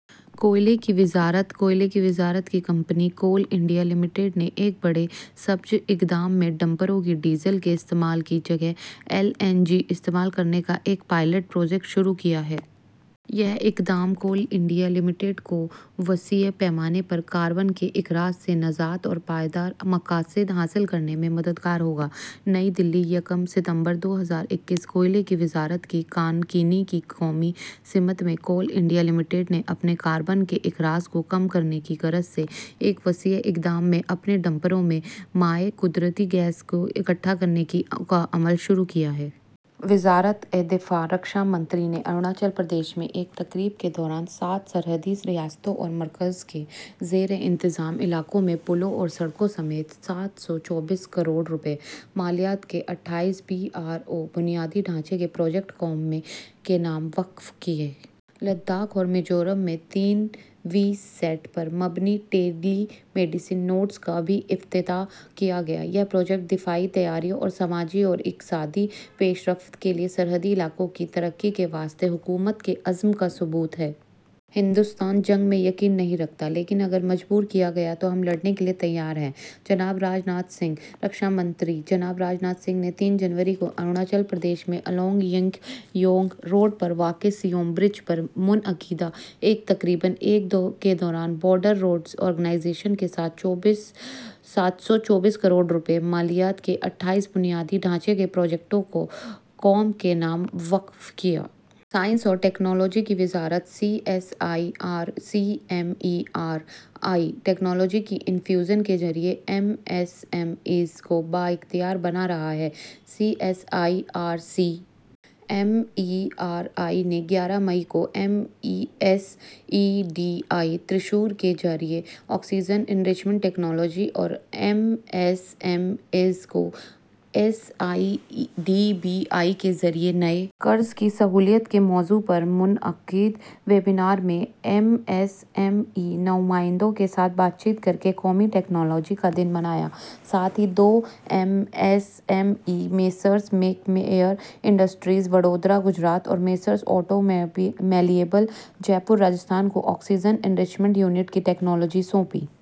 کوئلے کی وزارت۔ کوئلے کی وزارت کی کمپنی کول انڈیا لمیٹڈ نے ایک بڑے سبز اقدام میں ڈمپروں میں ڈیزل کے استعمال کی جگہ ایل این جی استعمال کرنے کا ایک پائلٹ پروجیکٹ شروع کیا ہے۔ یہ اقدام کول انڈیا لمیٹڈ کو وسیع پیمانے پر کاربن کے اخراج سے نجات اور پائیدار مقاصد حاصل کرنے میں مددگار ہوگا۔ نئی دہلی، یکم ستمبر دو ہزار اکیس۔ کوئلے کی وزارت کی کانکنی کی قومی سمت میں کول انڈیا لمیٹڈ نے اپنے کاربن کے اخراج کو کم کرنے کی غرض سے ایک وسیع اقدام میں اپنے ڈمپروں میں مائع قدرتی گیس کی اکٹھے کرنے کا عمل شروع کیا ہے۔ وزارت دفاع۔ رکشا منتری نے اروناچل پردیش میں ایک تقریب کے دوران سات سرحدی ریاستوں اور مرکز کے زیر انتظام علاقوں میں پلوں اور سڑکوں سمیت سات سو چوبیس کروڑ روپے مالیت کے اٹھائیس بی آر او بنیادی ڈھانچے کے پروجیکٹ قوم کے نام وقف کیے۔ لداخ اور میزورم میں تین وی سیٹ پر مبنی ٹیلی میڈیسن نوڈس کا بھی افتتاح کیا گیا۔ یہ پروجیکٹ دفاعی تیاریوں اور سماجی و اقتصادی پیش رفت کے لیے سرحدی علاقوں کی ترقی کے واسطے حکومت کے عزم کا ثبوت ہیں۔ ہندوستان جنگ میں یقین نہیں رکھتا، لیکن اگر مجبور کیا گیا تو ہم لڑنے کے لیے تیار ہیں، جناب راجناتھ سنگھ۔ رکشا منتری جناب راج ناتھ سنگھ نے تین جنوری کو اروناچل پردیش میں الونگ ینکیونگ روڈ پر واقع سیوم برج پر منعقدہ ایک تقریب کے دوران بارڈر روڈز آرگنائزیشن کے سات سو چوبیس کروڑ روپے مالیت کے اٹھائیس بنیادی ڈھانچے کے پروجیکٹوں کو قوم کے نام وقف کیا۔ سائنس اور ٹیکنالوجی کی وزارت۔ C S I R C M E R I technology کی انفیوژن کے ذریعے ایم ایس ایم ایز کو بااختیار بنا رہا ہے۔ C S I R C M E R I نے گیارہ مئی کو M S E D I Thrissur کے ذریعے آکسیجن اِنرچمنٹ ٹیکنالوجی اور ایم ایس ایم ایز کو S I D B I کے ذریعے نئے قرض کی سہولیات کے موضوع پر منعقد ویبینار میں ایم ایس ایم ای نمائندوں کے ساتھ بات چیت کر کے قومی ٹیکنالوجی کا دن منایا، ساتھ ہی دو M M M E, Messrs Mak Air Industries, Vadodara, Gujarat اور Messrs Auto Malleable, Jaipur, Rajasthan کو آکسیجن اِنرچمنٹ یونٹ کی ٹیکنالوجی سونپی۔